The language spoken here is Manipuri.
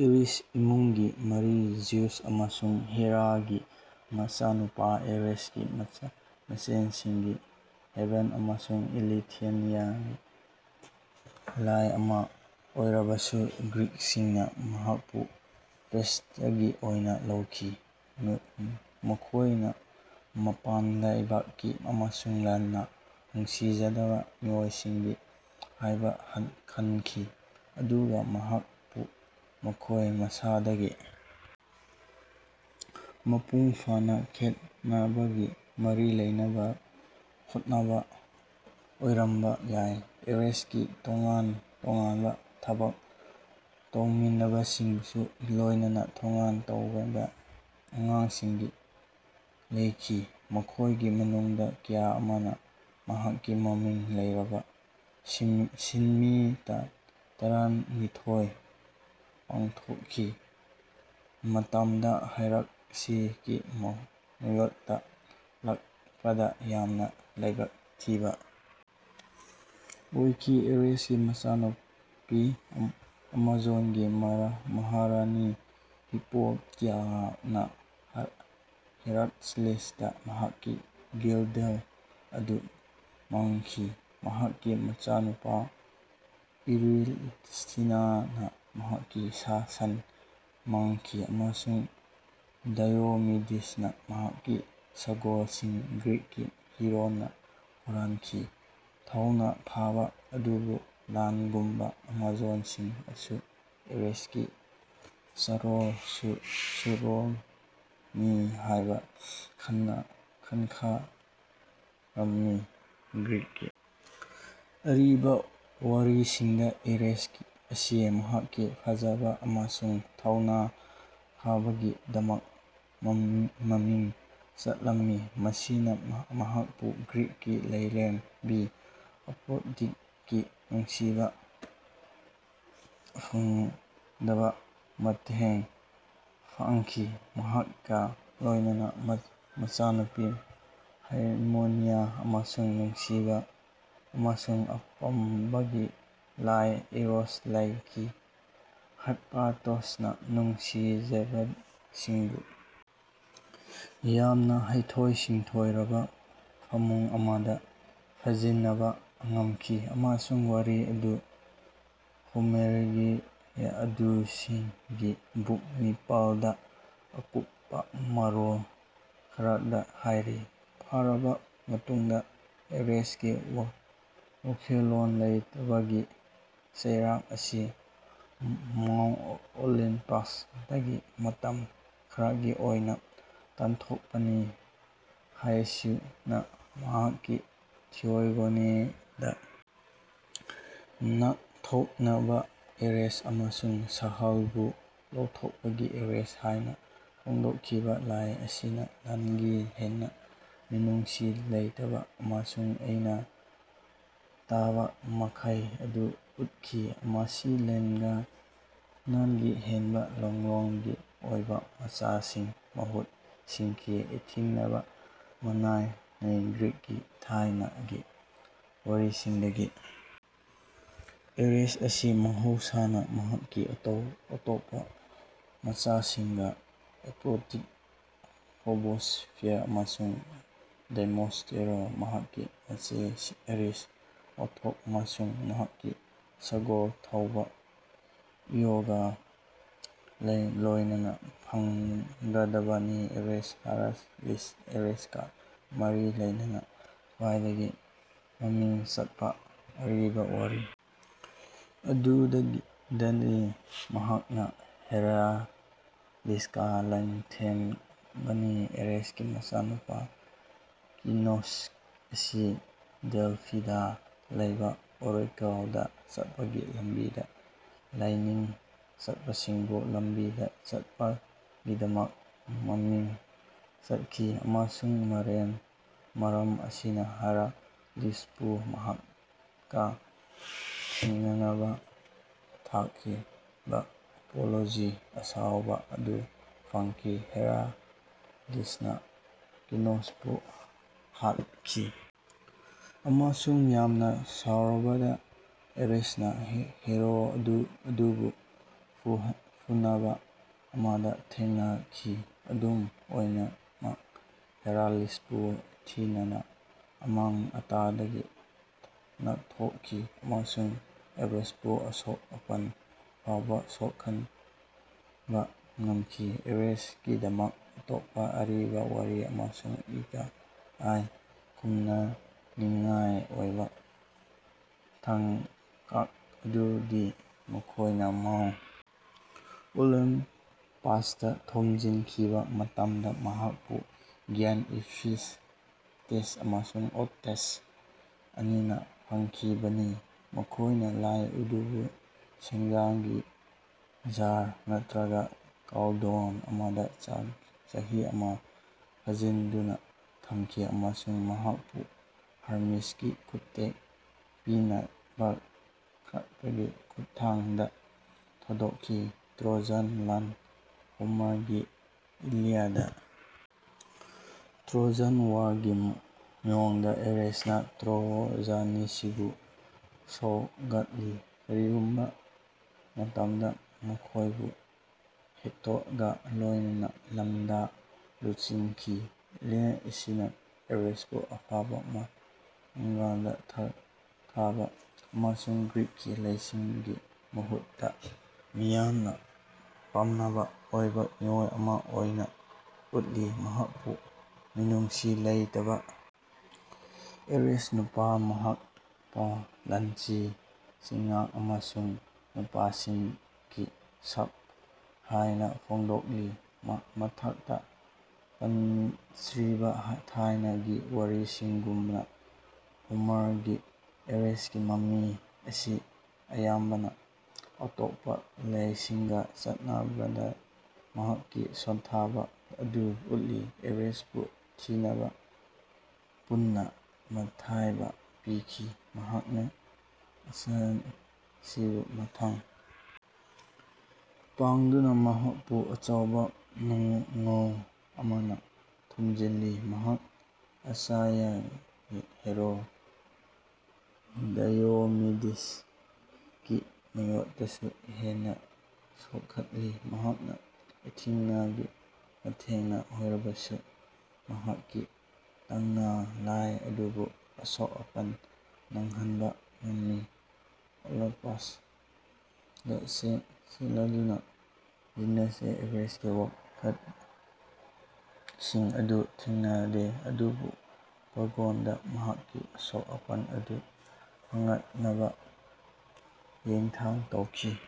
ꯑꯦꯔꯤꯁ ꯏꯃꯨꯡꯒꯤ ꯃꯔꯤ ꯖꯤꯎꯁ ꯑꯃꯁꯨꯡ ꯍꯦꯔꯥꯒꯤ ꯃꯆꯥꯅꯨꯄꯥ, ꯑꯔꯦꯁꯀꯤ ꯃꯆꯦꯁꯤꯡꯗꯤ ꯍꯦꯕꯦ ꯑꯃꯁꯨꯡ ꯏꯂꯦꯊꯤꯌꯥꯅꯤ꯫ ꯂꯥꯏ ꯑꯃꯥ ꯑꯣꯏꯔꯕꯁꯨ, ꯒ꯭ꯔꯤꯛꯁꯤꯡꯅ ꯃꯍꯥꯛꯄꯨ ꯊ꯭ꯔꯦꯁꯇꯒꯤ ꯑꯣꯏꯅ ꯂꯧꯈꯤ, ꯃꯈꯣꯏꯅ ꯃꯄꯥꯟ ꯂꯩꯕꯥꯛꯀꯤ ꯑꯃꯁꯨꯡ ꯂꯥꯟꯗ ꯅꯨꯡꯁꯤꯖꯕ ꯃꯤꯑꯣꯏꯁꯤꯡꯅꯤ ꯍꯥꯏꯅ ꯈꯟꯈꯤꯕ ꯑꯗꯨꯒ ꯃꯍꯥꯛꯄꯨ ꯃꯈꯣꯏ ꯃꯁꯥꯗꯒꯤ ꯃꯄꯨꯡ ꯐꯥꯅ ꯈꯦꯠꯅꯕꯒ ꯃꯔꯤ ꯂꯩꯅꯍꯟꯅꯕ ꯍꯣꯠꯅꯕꯗ ꯑꯣꯏꯔꯝꯕ ꯌꯥꯏ꯫ ꯑꯦꯔꯦꯁꯀꯤ ꯇꯣꯉꯥꯟ-ꯇꯣꯉꯥꯟꯕ ꯊꯕꯛ ꯇꯧꯃꯤꯟꯅꯕꯁꯤꯡꯒ ꯂꯣꯏꯅꯅ ꯇꯣꯉꯥꯟ-ꯇꯣꯉꯥꯟꯕ ꯑꯉꯥꯡꯁꯤꯡ ꯂꯩꯈꯤ, ꯃꯈꯣꯏꯒꯤ ꯃꯅꯨꯡꯗ ꯀꯌꯥ ꯑꯃꯅ ꯃꯍꯥꯛꯀꯤ ꯃꯃꯤꯡ ꯂꯩꯔꯕ ꯁꯤꯟꯃꯤ ꯇꯔꯥꯅꯤꯊꯣꯏ ꯄꯥꯡꯊꯣꯛꯈꯤꯕ ꯃꯇꯝꯗ ꯍꯔꯀꯨꯂꯤꯁꯀꯤ ꯃꯥꯌꯣꯛꯇ ꯂꯥꯛꯄꯗ ꯌꯥꯝꯅ ꯂꯥꯏꯕꯛ ꯊꯤꯕ ꯑꯣꯏꯈꯤ꯫ ꯑꯦꯔꯦꯁꯀꯤ ꯃꯆꯥꯅꯨꯄꯤ, ꯑꯦꯃꯥꯖꯣꯟꯒꯤ ꯃꯍꯥꯔꯥꯅꯤ ꯍꯤꯞꯄꯣꯂꯤꯇꯥꯅ ꯍꯔꯀꯨꯂꯤꯁꯇ ꯃꯍꯥꯛꯀꯤ ꯒꯔꯗꯜ ꯑꯗꯨ ꯃꯥꯡꯈꯤ, ꯃꯍꯥꯛꯀꯤ ꯃꯆꯥꯅꯨꯄꯥ ꯌꯨꯔꯤꯇꯤꯌꯟꯅ ꯃꯍꯥꯛꯀꯤ ꯁꯥ-ꯁꯟ ꯃꯥꯡꯈꯤ, ꯑꯃꯁꯨꯡ ꯗꯥꯏꯑꯣꯃꯤꯗꯤꯁꯅ ꯃꯍꯥꯛꯀꯤ ꯁꯒꯣꯜꯁꯤꯡ ꯒ꯭ꯔꯤꯛꯀꯤ ꯍꯤꯔꯣꯅ ꯍꯨꯔꯥꯟꯈꯤ꯫ ꯊꯧꯅꯥ ꯐꯕ ꯑꯗꯨꯕꯨ ꯂꯥꯟꯒꯨꯝꯕ ꯑꯦꯃꯥꯖꯣꯟꯁꯤꯡꯁꯨ ꯑꯦꯔꯦꯁꯀꯤ ꯆꯥꯔꯣꯜ-ꯁꯨꯔꯣꯜꯅꯤ ꯍꯥꯏꯅ ꯈꯟꯅꯔꯝꯃꯤ꯫ ꯒ꯭ꯔꯤꯛꯀꯤ ꯑꯔꯤꯕ ꯋꯥꯔꯤꯁꯤꯡꯗ, ꯑꯦꯔꯦꯁ ꯑꯁꯤ ꯃꯍꯥꯛꯀꯤ ꯐꯖꯕ ꯑꯃꯁꯨꯡ ꯊꯧꯅꯥ ꯐꯕꯒꯤꯗꯃꯛ ꯃꯃꯤꯡ ꯆꯠꯂꯝꯃꯤ, ꯃꯁꯤꯅ ꯃꯍꯥꯛꯄꯨ ꯒ꯭ꯔꯤꯛꯀꯤ ꯂꯥꯏꯔꯦꯝꯕꯤ ꯑꯦꯐ꯭ꯔꯣꯗꯥꯏꯠꯀꯤ ꯅꯨꯡꯁꯤꯕ ꯐꯪꯕꯗ ꯃꯇꯦꯡ ꯄꯥꯡꯈꯤ, ꯃꯍꯥꯛꯀ ꯂꯣꯏꯅꯅ ꯃꯆꯥꯅꯨꯄꯤ ꯍꯥꯔꯃꯣꯅꯤꯌꯥ ꯑꯃꯁꯨꯡ ꯅꯨꯡꯁꯤꯕ ꯑꯃꯁꯨꯡ ꯑꯄꯥꯝꯕꯒꯤ ꯂꯥꯏ ꯏꯔꯣꯁ ꯂꯩꯈꯤ꯫ ꯍꯦꯐꯥꯏꯁ꯭ꯇꯣꯁꯅ ꯅꯨꯡꯁꯤꯖꯕꯁꯤꯡꯕꯨ ꯌꯥꯝꯅ ꯍꯩꯊꯣꯏ-ꯁꯤꯡꯊꯣꯏꯔꯕ ꯐꯃꯨꯡ ꯑꯃꯗ ꯐꯥꯖꯤꯟꯕ ꯉꯝꯈꯤ, ꯑꯃꯁꯨꯡ ꯋꯥꯔꯤ ꯑꯗꯨ ꯍꯣꯃꯔꯒꯤ ꯑꯣꯗꯤꯁꯤꯒꯤ ꯕꯨꯛ ꯅꯤꯄꯥꯜꯗ ꯑꯀꯨꯞꯄ ꯃꯔꯣꯜ ꯈꯔꯗ ꯍꯥꯏꯔꯤ꯫ ꯐꯥꯔꯕ ꯃꯇꯨꯡꯗ, ꯑꯦꯔꯦꯁꯀꯤ ꯋꯥꯈꯜ ꯂꯩꯇꯕꯒꯤ ꯆꯩꯔꯥꯛ ꯑꯁꯤ ꯃꯥꯎꯟꯇ ꯑꯣꯂꯤꯝꯄꯁꯇꯒꯤ ꯃꯇꯝ ꯈꯔꯒꯤ ꯑꯣꯏꯅ ꯇꯥꯟꯊꯣꯛꯄꯅꯤ꯫ ꯍꯦꯁꯤꯌꯣꯗꯅ ꯃꯍꯥꯛꯀꯤ ꯊꯤꯌꯣꯒꯣꯅꯤꯗ 'ꯉꯥꯛꯊꯣꯛꯅꯕ ꯑꯦꯔꯦꯁ' ꯑꯃꯁꯨꯡ 'ꯁꯍꯔꯕꯨ ꯂꯧꯊꯣꯛꯄꯒꯤ ꯑꯦꯔꯦꯁ' ꯍꯥꯏꯅ ꯐꯣꯡꯗꯣꯛꯈꯤꯕ ꯂꯥꯏ ꯑꯁꯤꯅ ꯂꯥꯟꯒꯤ ꯍꯦꯟꯅ ꯃꯤꯅꯨꯡꯁꯤ ꯂꯩꯇꯕ ꯑꯃꯁꯨꯡ ꯏ-ꯅꯥꯏ ꯇꯥꯕ ꯃꯥꯏꯀꯩ ꯑꯗꯨ ꯎꯠꯈꯤ, ꯃꯁꯤ ꯂꯥꯟꯒꯤ ꯍꯦꯟꯅ ꯂꯥꯂꯣꯡꯒꯤ ꯑꯣꯏꯕ ꯃꯆꯥꯛꯁꯤꯡ ꯃꯍꯨꯠ ꯁꯤꯟꯈꯤꯕ ꯑꯦꯊꯦꯅꯥꯒ ꯃꯥꯟꯅꯩ꯫ ꯒ꯭ꯔꯤꯛꯀꯤ ꯊꯥꯏꯅꯒꯤ ꯋꯥꯔꯤꯁꯤꯡꯗꯒꯤ, ꯑꯦꯔꯦꯁ ꯑꯁꯤ ꯃꯍꯧꯁꯥꯅ ꯃꯍꯥꯛꯀꯤ ꯑꯇꯣꯞꯄ ꯃꯆꯥꯁꯤꯡꯒ ꯑꯦꯐ꯭ꯔꯣꯗꯥꯏꯠ, ꯐꯣꯕꯣꯁ (ꯐꯤꯌꯔ) ꯑꯃꯁꯨꯡ ꯗꯦꯏꯃꯣꯁ (ꯇꯦꯔ), ꯃꯍꯥꯛꯀꯤ ꯃꯆꯦ ꯑꯦꯔꯤꯁ (ꯋꯥꯊꯣꯛ) ꯑꯃꯁꯨꯡ ꯃꯍꯥꯛꯀꯤ ꯁꯒꯣꯜ ꯊꯧꯕ ꯑꯦꯟꯌꯣꯒ ꯂꯣꯏꯅꯅ ꯐꯪꯒꯗꯕꯅꯤ꯫ ꯑꯦꯔꯦꯁ ꯍꯔꯀꯨꯂꯤꯁ ꯑꯦꯔꯦꯁꯀ ꯃꯔꯤ ꯂꯩꯅꯕ ꯈ꯭ꯋꯥꯏꯗꯒꯤ ꯃꯃꯤꯡ ꯆꯠꯄ ꯑꯔꯤꯕ ꯋꯥꯔꯤ ꯑꯗꯨꯗꯤ ꯃꯍꯥꯛꯅ ꯍꯔꯀꯨꯂꯤꯁꯀ ꯂꯥꯟꯊꯦꯡꯅꯕꯅꯤ꯫ ꯑꯔꯦꯁꯀꯤ ꯃꯆꯥꯅꯨꯄꯥ ꯀꯤꯛꯅꯣꯁ ꯑꯁꯤ ꯗꯦꯜꯐꯤꯗ ꯂꯩꯕ ꯑꯣꯔꯦꯀꯜꯗ ꯆꯠꯄꯒꯤ ꯂꯝꯕꯤꯗ ꯂꯥꯏꯅꯤꯡ ꯆꯠꯄꯁꯤꯡꯕꯨ ꯂꯝꯕꯤꯗ ꯆꯠꯄꯒꯤꯗꯃꯛ ꯃꯃꯤꯡ ꯆꯠꯈꯤ, ꯑꯃꯁꯨꯡ ꯃꯔꯝ ꯑꯁꯤꯅ ꯍꯔꯀꯨꯂꯤꯁꯄꯨ ꯃꯍꯥꯛꯀ ꯊꯦꯡꯅꯅꯕ ꯊꯥꯈꯤꯕ ꯑꯦꯄꯣꯂꯣꯒꯤ ꯑꯁꯥꯎꯕ ꯑꯗꯨ ꯐꯪꯈꯤ꯫ ꯍꯔꯀꯨꯂꯤꯁꯅ ꯀꯤꯛꯅꯣꯁꯄꯨ ꯍꯥꯠꯈꯤ, ꯑꯃꯁꯨꯡ ꯌꯥꯝꯅ ꯁꯥꯎꯔꯕ ꯑꯦꯔꯦꯁꯅ ꯍꯤꯔꯣ ꯑꯗꯨꯕꯨ ꯐꯨꯅꯕ ꯑꯃꯗ ꯊꯦꯡꯅꯈꯤ꯫ ꯑꯗꯨꯝ ꯑꯣꯏꯅꯃꯛ, ꯍꯔꯀꯨꯂꯤꯁꯄꯨ ꯑꯦꯊꯤꯅꯥꯅ ꯑꯃꯥꯡ-ꯑꯇꯥꯗꯒꯤ ꯉꯥꯛꯊꯣꯛꯈꯤ ꯑꯃꯁꯨꯡ ꯑꯦꯔꯦꯁꯄꯨ ꯑꯁꯣꯛ-ꯑꯄꯟ ꯐꯥꯎꯕ ꯁꯣꯛꯍꯟꯕ ꯉꯝꯈꯤ꯫ ꯑꯦꯔꯦꯁꯀꯤꯗꯃꯛ ꯑꯇꯣꯞꯄ ꯑꯔꯤꯕ ꯋꯥꯔꯤ ꯑꯃꯁꯨꯡ ꯏꯀꯥꯏ ꯈꯨꯝꯅꯅꯤꯡꯉꯥꯏ ꯑꯣꯏꯕ ꯇꯥꯡꯀꯛ ꯑꯗꯨꯗꯤ ꯃꯈꯣꯏꯅ ꯃꯥꯎꯟꯇ ꯑꯣꯂꯤꯝꯄꯁꯇ ꯊꯣꯝꯖꯤꯟꯈꯤꯕ ꯃꯇꯝꯗ ꯃꯍꯥꯛꯄꯨ ꯖꯥꯏꯟ꯭ꯇꯁ ꯑꯦꯐꯤꯌꯥꯜꯇꯦꯁ ꯑꯃꯁꯨꯡ ꯑꯣꯇꯁ ꯑꯅꯤꯅ ꯐꯥꯈꯤꯕꯅꯤ꯫ ꯃꯈꯣꯏꯅ ꯂꯥꯏ ꯑꯗꯨꯕꯨ ꯁꯦꯟꯖꯦꯡꯒꯤ ꯖꯥꯔ (ꯅꯠꯇ꯭ꯔꯒ ꯀꯣꯜꯗ꯭ꯔꯣꯟ) ꯑꯃꯗ ꯆꯍꯤ ꯑꯃ ꯐꯥꯖꯤꯟꯗꯨꯅ ꯊꯝꯈꯤ ꯑꯃꯁꯨꯡ ꯃꯍꯥꯛꯄꯨ ꯍꯔꯃꯤꯁꯀꯤ ꯈꯨꯠꯌꯦꯛ ꯄꯤꯅꯕꯈꯛꯇꯒꯤ ꯈꯨꯠꯊꯥꯡꯗ ꯊꯥꯗꯣꯛꯈꯤ꯫ ꯇ꯭ꯔꯣꯖꯟ ꯂꯥꯟ ꯍꯣꯃꯔꯒꯤ ꯏꯂꯤꯌꯥꯗꯇ ꯇ꯭ꯔꯣꯖꯟ ꯋꯥꯔꯒꯤ ꯃꯑꯣꯡꯗ, ꯑꯦꯔꯦꯁꯅ ꯇ꯭ꯔꯣꯖꯥꯟꯁꯤꯡꯕꯨ ꯁꯧꯒꯠꯂꯤ, ꯀꯔꯤꯒꯨꯝꯕ ꯃꯇꯝꯗ ꯃꯈꯣꯏꯕꯨ ꯍꯦꯛꯇꯔꯒ ꯂꯣꯏꯅꯅ ꯂꯥꯟꯗ ꯂꯨꯆꯤꯡꯈꯤ꯫ ꯏꯂꯤꯌꯥꯗ ꯑꯁꯤꯅ ꯑꯦꯔꯦꯁꯄꯨ ꯑꯐꯕ ꯃꯉꯥꯜꯗꯒꯤ ꯍꯟꯊꯕ ꯑꯃꯁꯨꯡ ꯒ꯭ꯔꯤꯛꯀꯤ ꯂꯥꯏꯁꯤꯡꯒꯤ ꯃꯍꯨꯠꯇ ꯃꯤꯌꯥꯝꯅ ꯄꯥꯝꯅꯕ ꯑꯣꯏꯗꯕ ꯃꯤꯑꯣꯏ ꯑꯃ ꯑꯣꯏꯅ ꯎꯠꯂꯤ꯫ ꯃꯍꯥꯛꯄꯨ 'ꯃꯤꯅꯨꯡꯁꯤ ꯂꯩꯇꯕ ꯑꯦꯔꯦꯁ', 'ꯅꯨꯄꯥ-ꯃꯤꯍꯥꯠꯄ', 'ꯂꯥꯟꯒꯤ ꯆꯤꯟꯖꯥꯛ' ꯑꯃꯁꯨꯡ 'ꯅꯨꯄꯥꯁꯤꯡꯒꯤ ꯁꯥꯞ' ꯍꯥꯏꯅ ꯐꯣꯡꯗꯣꯛꯂꯤ꯫ ꯃꯊꯛꯇ ꯄꯟꯈ꯭ꯔꯤꯕ ꯊꯥꯏꯅꯒꯤ ꯋꯥꯔꯤꯁꯤꯡꯒꯨꯝꯅ ꯍꯣꯃꯔꯒꯤ ꯑꯦꯔꯦꯁꯀꯤ ꯃꯃꯤ ꯑꯁꯤꯅ ꯑꯌꯥꯝꯕꯅ ꯑꯇꯣꯞꯄ ꯂꯥꯏꯁꯤꯡꯒ ꯆꯥꯡꯗꯝꯅꯕꯗ ꯃꯍꯥꯛꯀꯤ ꯁꯣꯟꯊꯕ ꯑꯗꯨ ꯎꯠꯂꯤ꯫ ꯑꯔꯦꯁꯄꯨ ꯑꯦꯊꯦꯅꯥꯅ ꯄꯨꯟꯅ ꯃꯥꯏꯊꯤꯕ ꯄꯤꯈꯤ, ꯃꯍꯥꯛꯅ ꯑꯆꯥꯌꯟꯁꯤꯡꯕꯨ ꯃꯇꯦꯡ ꯄꯥꯡꯗꯨꯅ, ꯃꯍꯥꯛꯄꯨ ꯑꯆꯧꯕ ꯅꯨꯡꯖꯥꯎ ꯑꯃꯅ ꯊꯣꯝꯖꯤꯜꯂꯤ꯫ ꯃꯍꯥꯛ ꯑꯆꯥꯏꯌꯟꯒꯤ ꯍꯤꯔꯣ ꯗꯥꯏꯑꯣꯃꯤꯗꯤꯁꯀꯤ ꯃꯥꯌꯣꯛꯇꯁꯨ ꯍꯦꯟꯅ ꯁꯣꯛꯍꯜꯂꯤ, ꯃꯍꯥꯛꯅ ꯑꯦꯊꯤꯅꯥꯒꯤ ꯃꯇꯦꯡꯅ ꯑꯣꯏꯔꯕꯁꯨ ꯃꯍꯥꯛꯀꯤ ꯇꯥꯡꯅ ꯂꯥꯏ ꯑꯗꯨꯕꯨ ꯑꯁꯣꯛ ꯑꯄꯟ ꯅꯪꯍꯟꯕ ꯉꯝꯃꯤ꯫ ꯑꯣꯂꯤꯝꯄꯁꯇ ꯆꯦꯜꯂꯗꯨꯅ, ꯖꯤꯎꯁꯅ ꯑꯦꯔꯦꯁꯀꯤ ꯋꯥꯀꯠꯁꯤꯡ ꯑꯗꯨ ꯊꯦꯡꯅꯗꯦ ꯑꯗꯨꯕꯨ ꯄꯥꯏꯌꯣꯟꯗ ꯃꯍꯥꯛꯀꯤ ꯑꯁꯣꯛ-ꯑꯄꯟ ꯑꯗꯨ ꯐꯒꯠꯅꯕ ꯌꯥꯊꯪ ꯇꯧꯈꯤ꯫